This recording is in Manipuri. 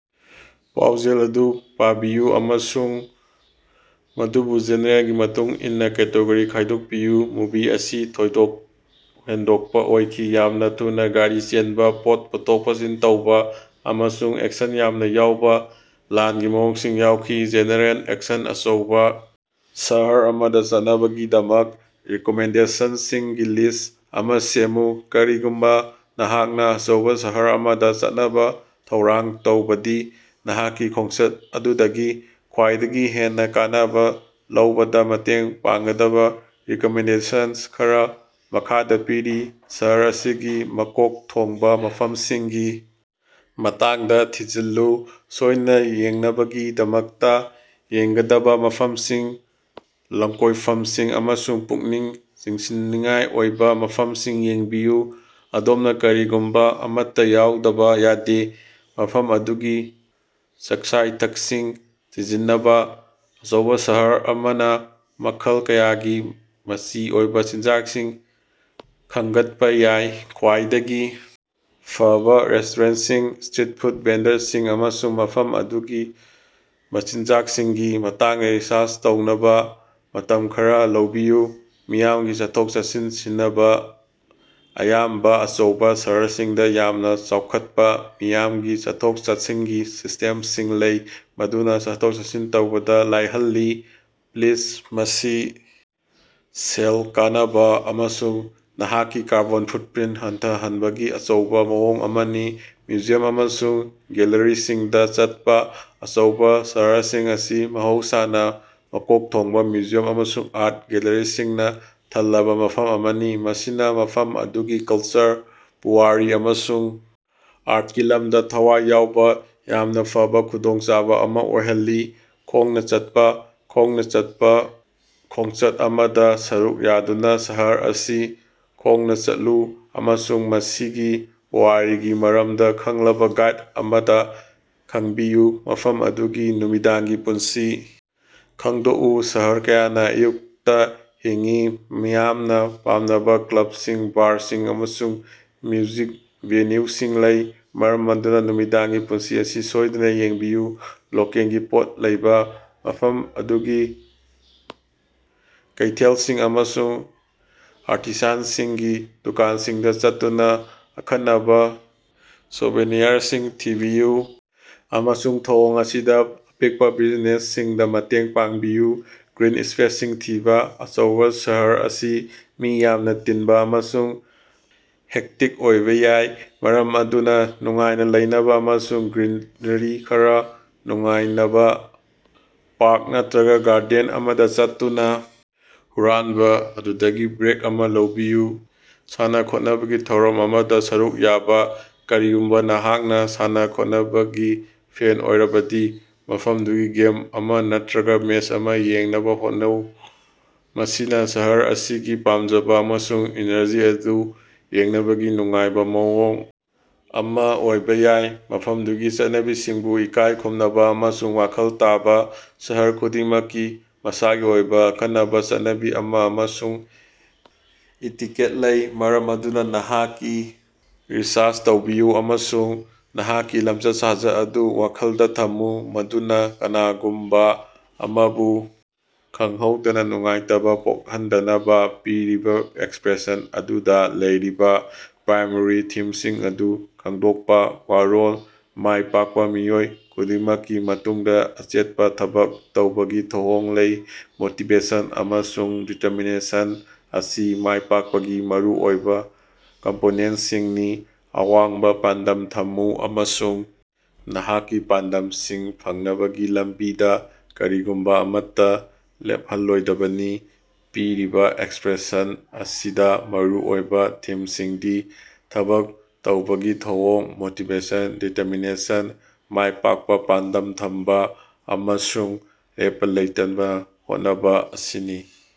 ꯄꯥꯎꯖꯦꯜ ꯑꯗꯨ ꯄꯥꯕꯤꯌꯨ ꯑꯃꯁꯨꯡ ꯃꯗꯨꯕꯨ ꯖꯦꯅꯔꯦꯜꯒꯤ ꯃꯇꯨꯡ ꯏꯟꯅ ꯀꯦꯇꯦꯒꯣꯔꯤ ꯈꯥꯏꯗꯣꯛꯄꯤꯌꯨ꯫ ꯃꯨꯚꯤ ꯑꯁꯤ ꯊꯣꯏꯗꯣꯛ ꯍꯦꯟꯗꯣꯛꯄ ꯑꯣꯏꯈꯤ, ꯌꯥꯝꯅ ꯊꯨꯅ ꯒꯥꯔꯤ ꯆꯦꯟꯕ, ꯄꯣꯠ ꯄꯨꯊꯣꯛ ꯄꯨꯁꯤꯟ ꯇꯧꯕ ꯑꯃꯁꯨꯡ ꯑꯦꯛꯁꯟ ꯌꯥꯝꯅ ꯌꯥꯎꯕ ꯂꯥꯟꯒꯤ ꯃꯑꯣꯡꯁꯤꯡ ꯌꯥꯎꯈꯤ꯫ General: action. ꯑꯆꯧꯕ ꯁꯍꯔ ꯑꯃꯗ ꯆꯠꯅꯕꯒꯤꯗꯃꯛ ꯔꯤꯀꯃꯦꯟꯗꯦꯁꯟꯁꯤꯡꯒꯤ ꯂꯤꯁ ꯑꯃ ꯁꯦꯝꯃꯨ꯫ ꯀꯔꯤꯒꯨꯝꯕ ꯅꯍꯥꯛꯅ ꯑꯆꯧꯕ ꯁꯍꯔ ꯑꯃꯗ ꯆꯠꯅꯕ ꯊꯧꯔꯥꯡ ꯇꯧꯔꯕꯗꯤ, ꯅꯍꯥꯛꯀꯤ ꯈꯣꯡꯆꯠ ꯑꯗꯨꯗꯒꯤ ꯈ꯭ꯋꯥꯏꯗꯒꯤ ꯍꯦꯟꯅ ꯀꯥꯟꯅꯕ ꯂꯧꯕꯗ ꯃꯇꯦꯡ ꯄꯥꯡꯒꯗꯕ ꯔꯤꯀꯃꯦꯟꯗꯦꯁꯟ ꯈꯔ ꯃꯈꯥꯗ ꯄꯤꯔꯤ: ꯁꯍꯔ ꯑꯁꯤꯒꯤ ꯃꯀꯣꯛ ꯊꯣꯡꯕ ꯃꯐꯝꯁꯤꯡꯒꯤ ꯃꯇꯥꯡꯗ ꯊꯤꯖꯤꯜꯂꯨ: ꯁꯣꯏꯗꯅ ꯌꯦꯡꯅꯕꯒꯤꯗꯃꯛꯇ ꯌꯦꯡꯒꯗꯕ ꯃꯐꯝꯁꯤꯡ, ꯂꯝꯀꯣꯏꯐꯝꯁꯤꯡ ꯑꯃꯁꯨꯡ ꯄꯨꯛꯅꯤꯡ ꯆꯤꯡꯁꯤꯟꯅꯤꯡꯉꯥꯏ ꯑꯣꯏꯕ ꯃꯐꯝꯁꯤꯡ ꯌꯦꯡꯕꯤꯌꯨ꯫ ꯑꯗꯣꯝꯅ ꯀꯔꯤꯒꯨꯝꯕ ꯑꯃꯠꯇ ꯌꯥꯎꯗꯕ ꯌꯥꯗꯦ꯫ ꯃꯐꯝ ꯑꯗꯨꯒꯤ ꯆꯥꯀꯆꯥ-ꯏꯊꯛꯁꯤꯡ ꯊꯤꯖꯤꯟꯕ: ꯑꯆꯧꯕ ꯁꯍꯔ ꯑꯃꯅ ꯃꯈꯜ ꯀꯌꯥꯒꯤ ꯃꯆꯤ ꯑꯣꯏꯕ ꯆꯤꯟꯖꯥꯛꯁꯤꯡ ꯈꯟꯒꯠꯄ ꯌꯥꯏ꯫ ꯈ꯭ꯋꯥꯏꯗꯒꯤ ꯐꯕ ꯔꯦꯁ꯭ꯇꯣꯔꯦꯟꯠꯁꯤꯡ, ꯁ꯭ꯇꯔꯤꯠ ꯐꯨꯗ ꯚꯦꯟꯗꯔꯁꯤꯡ, ꯑꯃꯁꯨꯡ ꯃꯐꯝ ꯑꯗꯨꯒꯤ ꯃꯆꯤꯟꯖꯥꯛꯁꯤꯡꯒꯤ ꯃꯇꯥꯡꯗ ꯔꯤꯁꯔꯆ ꯇꯧꯅꯕ ꯃꯇꯝ ꯈꯔꯥ ꯂꯧꯕꯤꯌꯨ꯫ ꯃꯤꯌꯥꯝꯒꯤ ꯆꯠꯊꯣꯛ-ꯆꯠꯁꯤꯟ ꯁꯤꯖꯤꯟꯅꯕ: ꯑꯌꯥꯝꯕ ꯑꯆꯧꯕ ꯁꯍꯔꯁꯤꯡꯗ ꯌꯥꯝꯅ ꯆꯥꯎꯈꯠꯄ ꯃꯤꯌꯥꯝꯒꯤ ꯆꯠꯊꯣꯛ-ꯆꯠꯁꯤꯟꯒꯤ ꯁꯤꯁꯇꯦꯝꯁꯤꯡ ꯂꯩ, ꯃꯗꯨꯅ ꯆꯠꯊꯣꯛ-ꯆꯠꯁꯤꯟ ꯇꯧꯕꯗ ꯂꯥꯏꯍꯜꯂꯤ꯫ ꯄ꯭ꯂꯥꯁ, ꯃꯁꯤ ꯁꯦꯜ ꯀꯅꯕ ꯑꯃꯁꯨꯡ ꯅꯍꯥꯛꯀꯤ ꯀꯥꯔꯕꯣꯟ ꯐꯨꯠꯄ꯭ꯔꯤꯟꯠ ꯍꯟꯊꯍꯟꯕꯒꯤ ꯑꯆꯧꯕ ꯃꯑꯣꯡ ꯑꯃꯅꯤ꯫ ꯃ꯭ꯌꯨꯖꯤꯌꯝ ꯑꯃꯁꯨꯡ ꯒꯦꯜꯂꯔꯤꯁꯤꯡꯗ ꯆꯠꯄ: ꯑꯆꯧꯕ ꯁꯍꯔꯁꯤꯡ ꯑꯁꯤ ꯃꯍꯧꯁꯥꯅ ꯃꯀꯣꯛ ꯊꯣꯡꯕ ꯃ꯭ꯌꯨꯖꯤꯌꯝ ꯑꯃꯁꯨꯡ ꯑꯥꯔꯠ ꯒꯦꯜꯂꯔꯤꯁꯤꯡꯅ ꯊꯜꯂꯕ ꯃꯐꯝ ꯑꯃꯅꯤ, ꯃꯁꯤꯅ ꯃꯐꯝ ꯑꯗꯨꯒꯤ ꯀꯜꯆꯔ, ꯄꯨꯋꯥꯔꯤ ꯑꯃꯁꯨꯡ ꯑꯥꯔꯠꯀꯤ ꯂꯝꯗ ꯊꯋꯥꯏ ꯌꯥꯎꯕ ꯌꯥꯝꯅ ꯐꯕ ꯈꯨꯗꯣꯡꯆꯥꯕ ꯑꯃ ꯑꯣꯏꯍꯜꯂꯤ꯫ ꯈꯣꯡꯅ ꯆꯠꯄ: ꯈꯣꯡꯅ ꯆꯠꯄ ꯈꯣꯡꯆꯠ ꯑꯃꯗ ꯁꯔꯨꯛ ꯌꯥꯗꯨꯅ ꯁꯍꯔ ꯑꯁꯤ ꯈꯣꯡꯅ ꯆꯠꯂꯨ ꯑꯃꯁꯨꯡ ꯃꯁꯤꯒꯤ ꯄꯨꯋꯥꯔꯤꯒꯤ ꯃꯔꯝꯗ ꯈꯪꯂꯕ ꯒꯥꯏꯗ ꯑꯃꯗꯒꯤ ꯈꯪꯕꯤꯌꯨ꯫ ꯃꯐꯝ ꯑꯗꯨꯒꯤ ꯅꯨꯃꯤꯗꯥꯡꯒꯤ ꯄꯨꯟꯁꯤ ꯈꯪꯗꯣꯛꯎ: ꯁꯍꯔ ꯀꯌꯥꯅ ꯑꯌꯨꯛꯇ ꯍꯤꯡꯏ, ꯃꯤꯌꯥꯝꯅ ꯄꯥꯝꯅꯕ ꯀ꯭ꯂꯕꯁꯤꯡ, ꯕꯥꯔꯁꯤꯡ, ꯑꯃꯁꯨꯡ ꯃ꯭ꯌꯨꯖꯤꯛ ꯚꯦꯅ꯭ꯌꯨꯁꯤꯡ ꯂꯩ, ꯃꯔꯝ ꯑꯗꯨꯅ ꯅꯨꯃꯤꯗꯥꯡꯒꯤ ꯄꯨꯟꯁꯤ ꯑꯁꯤ ꯁꯣꯏꯗꯅ ꯌꯦꯡꯕꯤꯌꯨ꯫ ꯂꯣꯀꯦꯜꯒꯤ ꯄꯣꯠ ꯂꯩꯕ: ꯃꯐꯝ ꯑꯗꯨꯒꯤ ꯀꯩꯊꯦꯜꯁꯤꯡ ꯑꯃꯁꯨꯡ ꯑꯥꯔꯇꯤꯁꯥꯟꯁꯤꯡꯒꯤ ꯗꯨꯀꯥꯟꯁꯤꯡꯗ ꯆꯠꯇꯨꯅ ꯑꯈꯟꯅꯕ ꯁꯣꯚꯦꯅꯤꯌꯔꯁꯤꯡ ꯊꯤꯕꯤꯌꯨ, ꯑꯃꯁꯨꯡ ꯊꯧꯑꯣꯡ ꯑꯁꯤꯗ ꯑꯄꯤꯛꯄ ꯕꯤꯖꯤꯅꯦꯁꯁꯤꯡꯗ ꯃꯇꯦꯡ ꯄꯥꯡꯕꯤꯌꯨ꯫ ꯒ꯭ꯔꯤꯟ ꯁ꯭ꯄꯦꯁꯁꯤꯡ ꯊꯤꯕ: ꯑꯆꯧꯕ ꯁꯍꯔꯁꯤꯡ ꯑꯁꯤ ꯃꯤ ꯌꯥꯝꯅ ꯇꯤꯟꯕ ꯑꯃꯁꯨꯡ ꯍꯦꯛꯇꯤꯛ ꯑꯣꯏꯕ ꯌꯥꯏ, ꯃꯔꯝ ꯑꯗꯨꯅ ꯅꯨꯡꯉꯥꯏꯅ ꯂꯩꯅꯕ ꯑꯃꯁꯨꯡ ꯒ꯭ꯔꯤꯅꯔꯤ ꯈꯔ ꯅꯨꯡꯉꯥꯏꯅꯕ ꯄꯥꯔꯛ ꯅꯠꯇ꯭ꯔꯒ ꯒꯥꯔꯗꯦꯟ ꯑꯃꯗ ꯆꯠꯇꯨꯅ ꯍꯨꯔꯥꯟꯕ ꯑꯗꯨꯗꯒꯤ ꯕ꯭ꯔꯦꯛ ꯑꯃ ꯂꯧꯕꯤꯌꯨ꯫ ꯁꯥꯟꯅ-ꯈꯣꯠꯅꯕꯒꯤ ꯊꯧꯔꯝ ꯑꯃꯗ ꯁꯔꯨꯛ ꯌꯥꯕ: ꯀꯔꯤꯒꯨꯝꯕ ꯅꯍꯥꯛꯅ ꯁꯥꯟꯅ-ꯈꯣꯠꯅꯕꯒꯤ ꯐꯦꯟ ꯑꯣꯏꯔꯕꯗꯤ, ꯃꯐꯝꯗꯨꯒꯤ ꯒꯦꯝ ꯑꯃ ꯅꯠꯇ꯭ꯔꯒ ꯃꯦꯆ ꯑꯃ ꯌꯦꯡꯅꯕ ꯍꯣꯠꯅꯧ, ꯃꯁꯤꯅ ꯁꯍꯔ ꯑꯁꯤꯒꯤ ꯄꯥꯝꯖꯕ ꯑꯃꯁꯨꯡ ꯏꯅꯔꯖꯤ ꯑꯗꯨ ꯌꯦꯡꯅꯕꯒꯤ ꯅꯨꯡꯉꯥꯏꯕ ꯃꯑꯣꯡ ꯑꯃ ꯑꯣꯏꯕ ꯌꯥꯏ꯫ ꯃꯐꯝꯗꯨꯒꯤ ꯆꯠꯅꯕꯤꯁꯤꯡꯕꯨ ꯏꯀꯥꯏ ꯈꯨꯝꯅꯕ ꯑꯃꯁꯨꯡ ꯋꯥꯈꯜ ꯇꯥꯕ: ꯁꯍꯔ ꯈꯨꯗꯤꯡꯃꯛꯀꯤ ꯃꯁꯥꯒꯤ ꯑꯣꯏꯕ ꯑꯈꯟꯅꯕ ꯆꯠꯅꯕꯤ ꯑꯃꯁꯨꯡ ꯏꯇꯤꯀꯦꯠ ꯂꯩ, ꯃꯔꯝ ꯑꯗꯨꯅ ꯅꯍꯥꯛꯀꯤ ꯔꯤꯁꯔꯆ ꯇꯧꯕꯤꯌꯨ ꯑꯃꯁꯨꯡ ꯅꯍꯥꯛꯀꯤ ꯂꯝꯆꯠ-ꯁꯥꯖꯠ ꯑꯗꯨ ꯋꯥꯈꯜꯗ ꯊꯝꯃꯨ ꯃꯗꯨꯅ ꯀꯅꯥꯒꯨꯝꯕ ꯑꯃꯕꯨ ꯈꯪꯍꯧꯗꯅ ꯅꯨꯡꯉꯥꯏꯇꯕ ꯄꯣꯛꯍꯟꯗꯅꯕ꯫ ꯄꯤꯔꯤꯕ ꯑꯦꯛꯁꯔꯞꯁꯟ ꯑꯗꯨꯗ ꯂꯩꯔꯤꯕ ꯄ꯭ꯔꯥꯏꯃꯥꯔꯤ ꯊꯤꯝꯁꯤꯡ ꯑꯗꯨ ꯈꯪꯗꯣꯛꯄ꯫ ꯋꯥꯔꯣꯜ: "ꯃꯥꯏꯄꯥꯛꯄ ꯃꯤꯑꯣꯏ ꯈꯨꯗꯤꯡꯃꯛꯀꯤ ꯃꯇꯨꯡꯗ ꯑꯆꯦꯠꯄ ꯊꯕꯛ ꯇꯧꯕꯒꯤ ꯊꯧꯑꯣꯡ ꯂꯩ꯫ ꯃꯣꯇꯤꯕꯦꯁꯟ ꯑꯃꯁꯨꯡ ꯗꯤꯇꯔꯃꯤꯅꯦꯁꯟ ꯑꯁꯤ ꯃꯥꯏ ꯄꯥꯛꯄꯒꯤ ꯃꯔꯨꯑꯣꯏꯕ ꯀꯝꯄꯣꯅꯦꯟꯠꯁꯤꯡꯅꯤ꯫ ꯑꯋꯥꯡꯕ ꯄꯥꯟꯗꯝ ꯊꯝꯃꯨ ꯑꯃꯁꯨꯡ ꯅꯍꯥꯛꯀꯤ ꯄꯥꯟꯗꯝꯁꯤꯡ ꯐꯪꯅꯕꯒꯤ ꯂꯝꯕꯤꯗ ꯀꯔꯤꯒꯨꯝꯕ ꯑꯃꯠꯇ ꯂꯦꯞꯍꯜꯂꯣꯏꯗꯕꯅꯤ꯫" ꯄꯤꯔꯤꯕ ꯑꯦꯛꯁꯔꯞꯁꯟ ꯑꯁꯤꯗ ꯃꯔꯨꯑꯣꯏꯕ ꯊꯤꯝꯁꯤꯡꯗꯤ: ꯊꯕꯛ ꯇꯧꯕꯒꯤ ꯊꯧꯑꯣꯡ, ꯃꯣꯇꯤꯚꯦꯁꯟ, ꯗꯤꯇꯔꯃꯤꯅꯦꯁꯟ, ꯃꯥꯏꯄꯥꯛꯄ, ꯄꯥꯟꯗꯝ ꯊꯝꯕ, ꯑꯃꯁꯨꯡ ꯂꯦꯞꯄ ꯂꯩꯇꯅ ꯍꯣꯠꯅꯕ ꯑꯁꯤꯅꯤ꯫